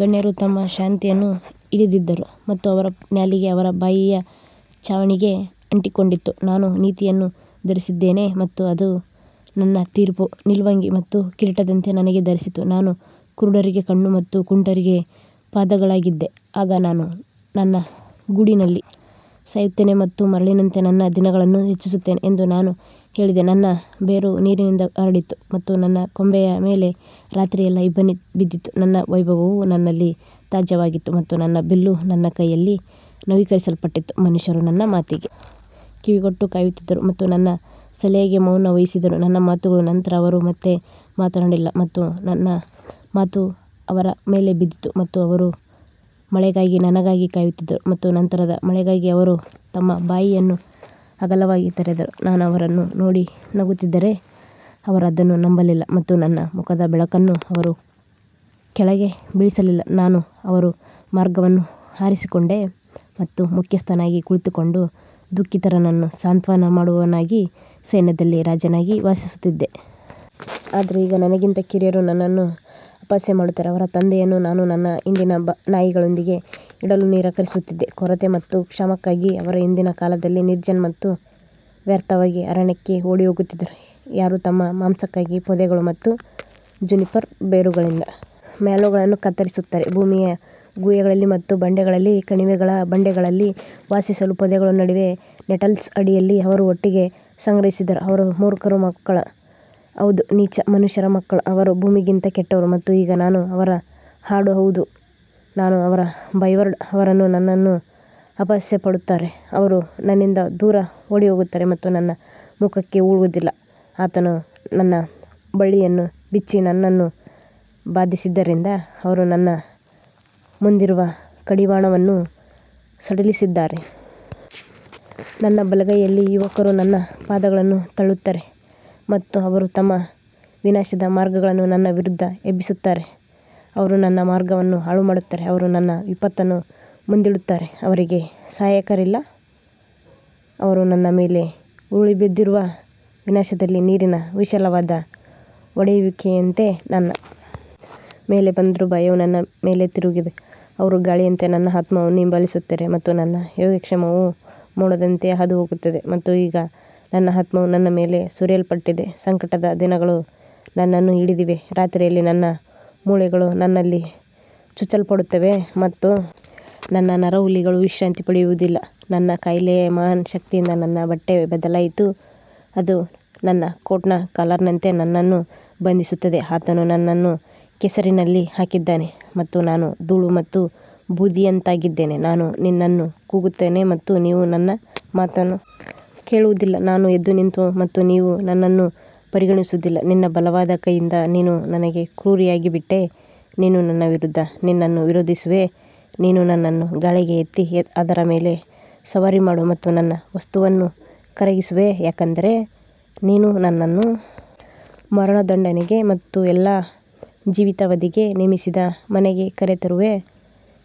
ಗಣ್ಯರು ತಮ್ಮ ಶಾಂತಿಯನ್ನು ಹಿಡಿದಿದ್ದರು ಮತ್ತು ಅವರ ನಾಲಿಗೆ ಅವರ ಬಾಯಿಯ ಛಾವಣಿಗೆ ಅಂಟಿಕೊಂಡಿತು ನಾನು ನೀತಿಯನ್ನು ಧರಿಸಿದ್ದೇನೆ ಮತ್ತು ಅದು ನನ್ನ ತೀರ್ಪು ನಿಲುವಂಗಿ ಮತ್ತು ಕಿರೀಟದಂತೆ ನನಗೆ ಧರಿಸಿತು ನಾನು ಕುರುಡರಿಗೆ ಕಣ್ಣು ಮತ್ತು ಕುಂಟರಿಗೆ ಪಾದಗಳಾಗಿದ್ದೆ ಆಗ ನಾನು ನನ್ನ ಗೂಡಿನಲ್ಲಿ ಸಾಯುತ್ತೇನೆ ಮತ್ತು ಮರಳಿನಂತೆ ನನ್ನ ದಿನಗಳನ್ನು ಹೆಚ್ಚಿಸುತ್ತೇನೆ ಎಂದು ನಾನು ಹೇಳಿದೆ ನನ್ನ ಬೇರು ನೀರಿನಿಂದ ಹರಡಿತು ಮತ್ತು ನನ್ನ ಕೊಂಬೆಯ ಮೇಲೆ ರಾತ್ರಿಯೆಲ್ಲಾ ಇಬ್ಬನಿ ಬಿದ್ದಿತು ನನ್ನ ವೈಭವವು ನನ್ನಲ್ಲಿ ತಾಜಾವಾಗಿತ್ತು ಮತ್ತು ನನ್ನ ಬಿಲ್ಲು ನನ್ನ ಕೈಯಲ್ಲಿ ನವೀಕರಿಸಲ್ಪಟ್ಟಿತು ಮನುಷ್ಯರು ನನ್ನ ಮಾತಿಗೆ ಕಿವಿಗೊಟ್ಟು ಕಾಯುತ್ತಿದ್ದರು ಮತ್ತು ನನ್ನ ಸಲಹೆಗೆ ಮೌನ ವಹಿಸಿದರು ನನ್ನ ಮಾತುಗಳ ನಂತರ ಅವರು ಮತ್ತೆ ಮಾತನಾಡಲಿಲ್ಲ ಮತ್ತು ನನ್ನ ಮಾತು ಅವರ ಮೇಲೆ ಬಿದ್ದಿತು ಮತ್ತು ಅವರು ಮಳೆಗಾಗಿ ನನಗಾಗಿ ಕಾಯುತ್ತಿದ್ದರು ಮತ್ತು ನಂತರದ ಮಳೆಗಾಗಿ ಅವರು ತಮ್ಮ ಬಾಯಿಯನ್ನು ಅಗಲವಾಗಿ ತೆರೆದರು ನಾನು ಅವರನ್ನು ನೋಡಿ ನಗುತ್ತಿದ್ದರೆ ಅವರು ಅದನ್ನು ನಂಬಲಿಲ್ಲ ಮತ್ತು ನನ್ನ ಮುಖದ ಬೆಳಕನ್ನು ಅವರು ಕೆಳಗೆ ಬೀಳಿಸಲಿಲ್ಲ ನಾನು ಅವರ ಮಾರ್ಗವನ್ನು ಆರಿಸಿಕೊಂಡೆ ಮತ್ತು ಮುಖ್ಯಸ್ಥನಾಗಿ ಕುಳಿತುಕೊಂಡು ದುಃಖಿತರನ್ನು ಸಾಂತ್ವನ ಮಾಡುವವನಾಗಿ ಸೈನ್ಯದಲ್ಲಿ ರಾಜನಾಗಿ ವಾಸಿಸುತ್ತಿದ್ದೆ. ಆದರೆ ಈಗ ನನಗಿಂತ ಕಿರಿಯರು ನನ್ನನ್ನು ಅಪಹಾಸ್ಯ ಮಾಡುತ್ತಾರೆ, ಅವರ ತಂದೆಯನ್ನು ನಾನು ನನ್ನ ಹಿಂಡಿನ ನಾಯಿಗಳೊಂದಿಗೆ ಇಡಲು ನಿರಾಕರಿಸುತ್ತಿದ್ದೆ. ಕೊರತೆ ಮತ್ತು ಕ್ಷಾಮಕ್ಕಾಗಿ ಅವರು ಹಿಂದಿನ ಕಾಲದಲ್ಲಿ ನಿರ್ಜನ ಮತ್ತು ವ್ಯರ್ಥವಾಗಿ ಅರಣ್ಯಕ್ಕೆ ಓಡಿಹೋಗುತ್ತಿದ್ದರು ಯಾರು ತಮ್ಮ ಮಾಂಸಕ್ಕಾಗಿ ಪೊದೆಗಳು ಮತ್ತು ಜುನಿಪರ್ ಬೇರುಗಳಿಂದ ಮ್ಯಾಲೋಗಳನ್ನು ಕತ್ತರಿಸುತ್ತಾರೆ ಭೂಮಿಯ ಗುಹೆಗಳಲ್ಲಿ ಮತ್ತು ಬಂಡೆಗಳಲ್ಲಿ ಕಣಿವೆಗಳ ಬಂಡೆಗಳಲ್ಲಿ ವಾಸಿಸಲು ಪೊದೆಗಳ ನಡುವೆ ನೆಟಲ್ಸ್ ಅಡಿಯಲ್ಲಿ ಅವರು ಒಟ್ಟಿಗೆ ಸಂಗ್ರಹಿಸಿದರು ಅವರು ಮೂರ್ಖರ ಮಕ್ಕಳು ಹೌದು ನೀಚ ಮನುಷ್ಯರ ಮಕ್ಕಳು ಅವರು ಭೂಮಿಗಿಂತ ಕೆಟ್ಟವರು ಮತ್ತು ಈಗ ನಾನು ಅವರ ಹಾಡು ಹೌದು ನಾನು ಅವರ ಬೈವರ್ಡ್ ಅವರು ನನ್ನನ್ನು ಅಸಹ್ಯಪಡುತ್ತಾರೆ, ಅವರು ನನ್ನಿಂದ ದೂರ ಓಡಿಹೋಗುತ್ತಾರೆ ಮತ್ತು ನನ್ನ ಮುಖಕ್ಕೆ ಉಗುಳುವುದಿಲ್ಲ ಆತನು ನನ್ನ ಬಳ್ಳಿಯನ್ನು ಬಿಚ್ಚಿ ನನ್ನನ್ನು ಬಾಧಿಸಿದ್ದರಿಂದ ಅವರು ನನ್ನ ಮುಂದಿರುವ ಕಡಿವಾಣವನ್ನೂ ಸಡಿಲಿಸಿದ್ದಾರೆ. ನನ್ನ ಬಲಗೈಯಲ್ಲಿ ಯುವಕರು ನನ್ನ ಪಾದಗಳನ್ನು ತಳ್ಳುತ್ತಾರೆ ಮತ್ತು ಅವರು ತಮ್ಮ ವಿನಾಶದ ಮಾರ್ಗಗಳನ್ನು ನನ್ನ ವಿರುದ್ಧ ಎಬ್ಬಿಸುತ್ತಾರೆ ಅವರು ನನ್ನ ಮಾರ್ಗವನ್ನು ಹಾಳುಮಾಡುತ್ತಾರೆ ಅವರು ನನ್ನ ವಿಪತ್ತನ್ನು ಮುಂದಿಡುತ್ತಾರೆ ಅವರಿಗೆ ಸಹಾಯಕರಿಲ್ಲ ಅವರು ನನ್ನ ಮೇಲೆ ಉರುಳಿಬಿದ್ದಿರುವ ವಿನಾಶದಲ್ಲಿ ನೀರಿನ ವಿಶಾಲವಾದ ಒಡೆಯುವಿಕೆಯಂತೆ ನನ್ನ ಮೇಲೆ ಬಂದರು ಭಯವು ನನ್ನ ಮೇಲೆ ತಿರುಗಿದೆ ಅವರು ಗಾಳಿಯಂತೆ ನನ್ನ ಆತ್ಮವನ್ನು ಹಿಂಬಾಲಿಸುತ್ತಾರೆ ಮತ್ತು ನನ್ನ ಯೋಗಕ್ಷೇಮವು ಮೋಡದಂತೆ ಹಾದುಹೋಗುತ್ತದೆ ಮತ್ತು ಈಗ ನನ್ನ ಆತ್ಮವು ನನ್ನ ಮೇಲೆ ಸುರಿಯಲ್ಪಟ್ಟಿದೆ, ಸಂಕಟದ ದಿನಗಳು ನನ್ನನ್ನು ಹಿಡಿದಿವೆ ರಾತ್ರಿಯಲ್ಲಿ ನನ್ನ ಮೂಳೆಗಳು ನನ್ನಲ್ಲಿ ಚುಚ್ಚಲ್ಪಡುತ್ತವೆ ಮತ್ತು ನನ್ನ ನರಹುಲಿಗಳು ವಿಶ್ರಾಂತಿ ಪಡೆಯುವುದಿಲ್ಲ ನನ್ನ ಕಾಯಿಲೆಯ ಮಹಾನ್ ಶಕ್ತಿಯಿಂದ ನನ್ನ ಬಟ್ಟೆ ಬದಲಾಯಿತು ಅದು ನನ್ನ ಕೋಟ್ನ ಕಾಲರ್ನಂತೆ ನನ್ನನ್ನು ಬಂಧಿಸುತ್ತದೆ ಆತನು ನನ್ನನ್ನು ಕೆಸರಿನಲ್ಲಿ ಹಾಕಿದ್ದಾನೆ ಮತ್ತು ನಾನು ಧೂಳು ಮತ್ತು ಬೂದಿಯಂತಾಗಿದ್ದೇನೆ ನಾನು ನಿನ್ನನ್ನು ಕೂಗುತ್ತೇನೆ ಮತ್ತು ನೀವು ನನ್ನ ಮಾತನ್ನು ಕೇಳುವುದಿಲ್ಲ ನಾನು ಎದ್ದುನಿಂತು ಮತ್ತು ನೀವು ನನ್ನನ್ನು ಪರಿಗಣಿಸುವುದಿಲ್ಲ ನಿನ್ನ ಬಲವಾದ ಕೈಯಿಂದ ನೀನು ನನಗೆ ಕ್ರೂರಿಯಾಗಿಬಿಟ್ಟೆ, ನೀನು ನನ್ನ ವಿರುದ್ಧ ನಿನ್ನನ್ನು ವಿರೋಧಿಸುವೆ ನೀನು ನನ್ನನ್ನು ಗಾಳಿಗೆ ಎತ್ತಿ ಅದರ ಮೇಲೆ ಸವಾರಿ ಮಾಡು ಮತ್ತು ನನ್ನ ವಸ್ತುವನ್ನು ಕರಗಿಸುವೆ ಯಾಕಂದರೆ ನೀನು ನನ್ನನ್ನು ಮರಣದಂಡನೆಗೆ ಮತ್ತು ಎಲ್ಲಾ ಜೀವಿತಾವಧಿಗೆ ನೇಮಿಸಿದ ಮನೆಗೆ ಕರೆತರುವೆ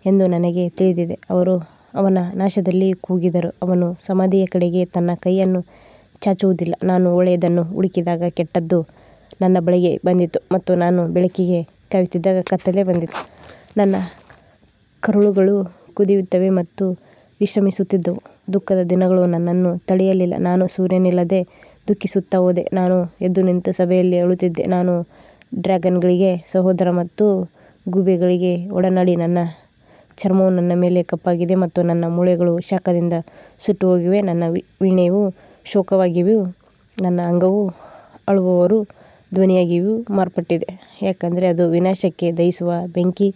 ಎಂದು ನನಗೆ ತಿಳಿದಿದೆ ಅವರು ಅವನ ನಾಶದಲ್ಲಿ ಕೂಗಿದರೂ ಅವನು ಸಮಾಧಿಯ ಕಡೆಗೆ ತನ್ನ ಕೈಯನ್ನು ಚಾಚುವುದಿಲ್ಲ ನಾನು ಒಳ್ಳೆಯದನ್ನು ಹುಡುಕಿದಾಗ ಕೆಟ್ಟದ್ದು ನನ್ನ ಬಳಿಗೆ ಬಂದಿತು ಮತ್ತು ನಾನು ಬೆಳಕಿಗೆ ಕಾಯುತ್ತಿದ್ದಾಗ ಕತ್ತಲೆ ಬಂದಿತು ನನ್ನ ಕರುಳುಗಳು ಕುದಿಯುತ್ತವೆ ಮತ್ತು ವಿಶ್ರಮಿಸುತ್ತಿದ್ದವು, ದುಃಖದ ದಿನಗಳು ನನ್ನನ್ನು ತಡೆಯಲಿಲ್ಲ ನಾನು ಸೂರ್ಯನಿಲ್ಲದೆ ದುಃಖಿಸುತ್ತಾ ಹೋದೆ, ನಾನು ಎದ್ದುನಿಂತು ಸಭೆಯಲ್ಲಿ ಅಳುತ್ತಿದ್ದೆ ನಾನು ಡ್ರ್ಯಾಗನ್ಗಳಿಗೆ ಸಹೋದರ ಮತ್ತು ಗೂಬೆಗಳಿಗೆ ಒಡನಾಡಿ ನನ್ನ ಚರ್ಮವು ನನ್ನ ಮೇಲೆ ಕಪ್ಪಾಗಿದೆ ಮತ್ತು ನನ್ನ ಮೂಳೆಗಳು ಶಾಖದಿಂದ ಸುಟ್ಟುಹೋಗಿವೆ ನನ್ನ ವೀಣೆಯು ಶೋಕವಾಗಿಯೂ ನನ್ನ ಅಂಗವು ಅಳುವವರ ಧ್ವನಿಯಾಗಿಯೂ ಮಾರ್ಪಟ್ಟಿದೆ ಯಾಕಂದರೆ ಅದು ವಿನಾಶಕ್ಕೆ ದಹಿಸುವ ಬೆಂಕಿ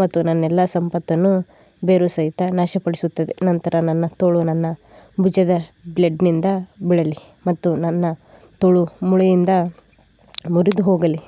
ಮತ್ತು ನನ್ನ ಎಲ್ಲಾ ಸಂಪತ್ತನ್ನು ಬೇರುಸಹಿತ ನಾಶಪಡಿಸುತ್ತದೆ ನಂತರ ನನ್ನ ತೋಳು ನನ್ನ ಭುಜದ ಬ್ಲೇಡ್ನಿಂದ ಬೀಳಲಿ ಮತ್ತು ನನ್ನ ತೋಳು ಮೂಳೆಯಿಂದ ಮುರಿದು ಹೋಗಲಿ.